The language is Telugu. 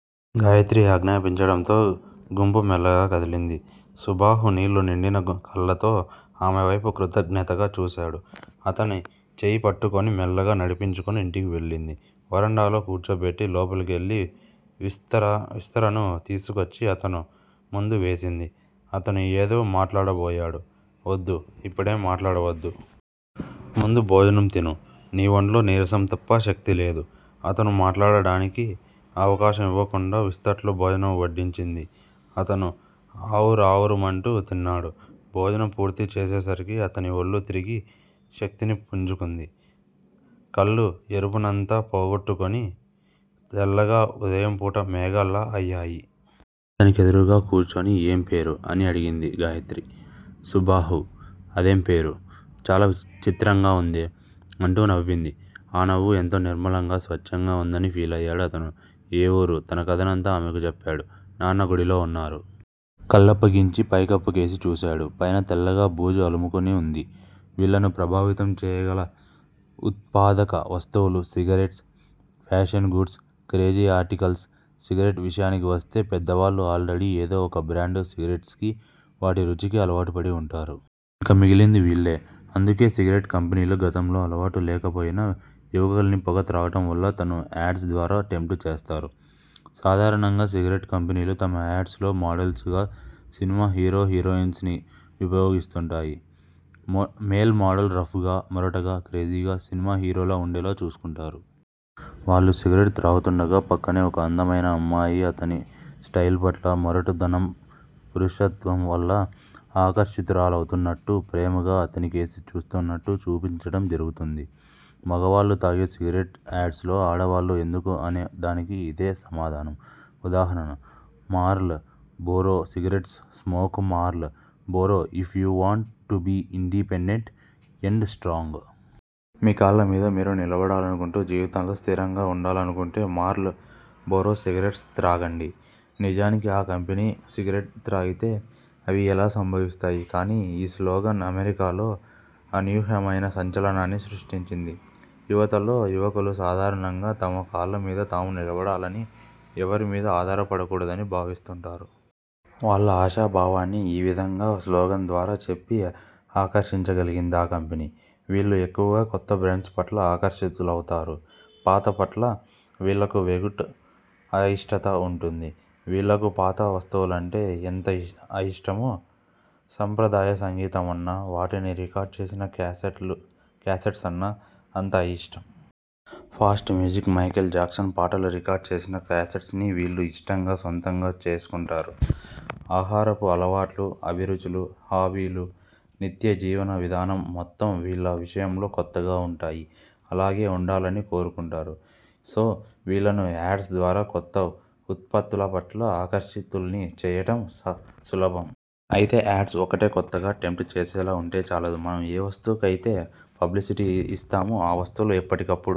గాయత్రి ఆజ్ఞాపించడంతో గుంపు మెల్లగా కదిలింది. సుబాహు నీళ్ళు నిండిన కళ్ళతో ఆమెవైపు కృతజ్ఞతగా చూశాడు. అతని చేయి పట్టుకుని మెల్లగా నడిపించుకుని ఇంటికి వెళ్ళింది. వరండాలో కూర్చోబెట్టి లోపలికెళ్ళి విస్తరను తీసుకొచ్చి అతను ముందు వేసింది. అతను ఏదో మాట్లాడబోయాడు. ఒద్దు. ఇప్పుడేం మాట్లాడవద్దు. ముందు భోజనం తిను. నీ ఒంట్లో నీరసం తప్ప శక్తిలేదు. అతను మాట్లాడడానికి అవకాశం ఇవ్వకుండా విస్తట్లో భోజనం వడ్డించింది. అతను ఆవురావురుమంటూ తిన్నాడు. భోజనం పూర్తి చేసేసరికి అతని ఒళ్ళు తిరిగి శక్తిని పుంజుకుంది. కళ్ళు ఎరుపునంతా పోగొట్టుకుని తెల్లగా ఉదయంపూట మేఘాల్లా అయ్యాయి. అతని కెదురుగ్గా కూర్చుని ఏం పేరు? అని అడిగింది గాయత్రి. సుబాహు అదేం పేరు? చాలా చిత్రంగా వుందే అంటూ నవ్వింది. ఆ నవ్వు ఎంతో నిర్మలంగా, స్వచ్చంగా వుందని ఫీలయ్యాడు అతను. ఏ వూరు? తన కథనంతా ఆమెకు చెప్పాడు. నాన్న గుడిలో వున్నారు. కళ్ళప్పగించి, పై కప్పుకేసి చూశాడు. పైన తెల్లగా బూజు అలుముకుని వుంది. వీళ్ళను ప్రభావితం చేయగల ఉత్పాదక వస్తువులు cigarettes, fashion goods, crazy articles cigarette విషయానికి వస్తే పెద్దవాళ్ళు ఆల్ రెడీ ఏదో ఒక బ్రాండ్ సిగరెట్స్ కి, వాటి రుచికి అలవాటుపడి వుంటారు. ఇక మిగిలింది వీళ్ళే. అందుకే సిగరెట్ కంపెనీలు గతంలో అలవాటు లేకపోయినా యువకుల్ని పొగ త్రాగటంవల్ల తను యాడ్స్ ద్వారా టెంప్ట్ చేస్తారు. సాధారణంగా సిగరెట్ కంపెనీలు తమ యాడ్స్ లో మోడల్స్ గా సినిమా హీరో హీరోయిన్స్ ని ఉపయోగిస్తుంటాయి. మేల్ మోడల్ రఫ్ గా, మొరటుగా, క్రేజీగా, సినిమా హీరోలా వుండేలా చూసుకుంటారు. వాళ్ళు సిగరెట్ త్రాగుతుండగా ప్రక్కనే ఓ అందమైన అమ్మాయి అతని స్టయిల్ పట్ల, మొరటుదనం, పురుషత్వం వల్ల ఆకర్షితురాలవుతున్నట్టు, ప్రేమగా అతనికేసి చూస్తున్నట్టు చూపించటం జరుగుతుంది. మగవాళ్ళు తాగే సిగరెట్స్ యాడ్స్ లో ఆడవాల్లు ఎందుకు అనే దానికి ఇదే సమాధానం. ఉదాహరణ- Marlboro cigarettes smoke Marlboro if you want to be independent and strong. మీ కాళ్ళమీద మీరు నిలబడాలనుకుంటూ, జీవితంలో స్థిరంగా వుండాలనుకుంటే మార్ల్ బోరో సిగరెట్స్ త్రాగండి. నిజానికి ఆ కంపెనీ సిగరెట్ త్రాగితే అవి ఎలా సంభవిస్తాయి? కాని ఈ స్లోగన్ అమెరికాలో అనూహ్యమైన సంచలనాన్ని సృష్టించింది యువతలో. యువకులు సాధారణంగా తమ కాళ్ళమీద తాము నిలబడాలని, ఎవరిమీదా ఆధారపడకూడదని భావిస్తుంటారు. వాళ్ళ ఆశాభావాన్ని యీ విధంగా స్లోగన్ ద్వారా చెప్పి ఆకర్షించగలిగిందా కంపెనీ. వీళ్ళు ఎక్కువగా కొత్త బ్రాండ్స్ పట్ల ఆకర్షితులవుతారు. పాతపట్ల వీళ్ళకు వెగటు, అయిష్టత వుంటుంది. వీళ్ళకు పాత వస్తువులంటే ఎంత అయిష్టమో, సంప్రదాయ సంగీతం అన్నా వాటిని రికార్డ్ చేసిన క్యాసెట్స్ అన్నా అంత అయిష్టం. ఫాస్ట్ మ్యూజిక్, మైకేల్ జాక్సన్ పాటలు రికార్డ్ చేసిన క్యాసెట్స్ ని వీళ్ళు ఇష్టంగా, సొంతంగా చేసుకుంటారు. ఆహారపు అలవాట్లు, అభిరుచులు, హాబీలు, నిత్య జీవన విధానం మొత్తం వీళ్ళ విషయంలో కొత్తగా వుంటాయి. అలాగే వుండాలని కోరుకుంటారు. సో వీళ్ళను యాడ్స్ ద్వారా కొత్త ఉత్పత్తులపట్ల ఆకర్షితుల్ని చేయటం సులభం. అయితే యాడ్ ఒక్కటే కొత్తగా, టెంప్ట్ చేసేలా వుంటేచాలదు. మనం ఏ వస్తువుకయితే పబ్లిసిటీ యిస్తామో ఆ వస్తువులు ఎప్పటికప్పుడు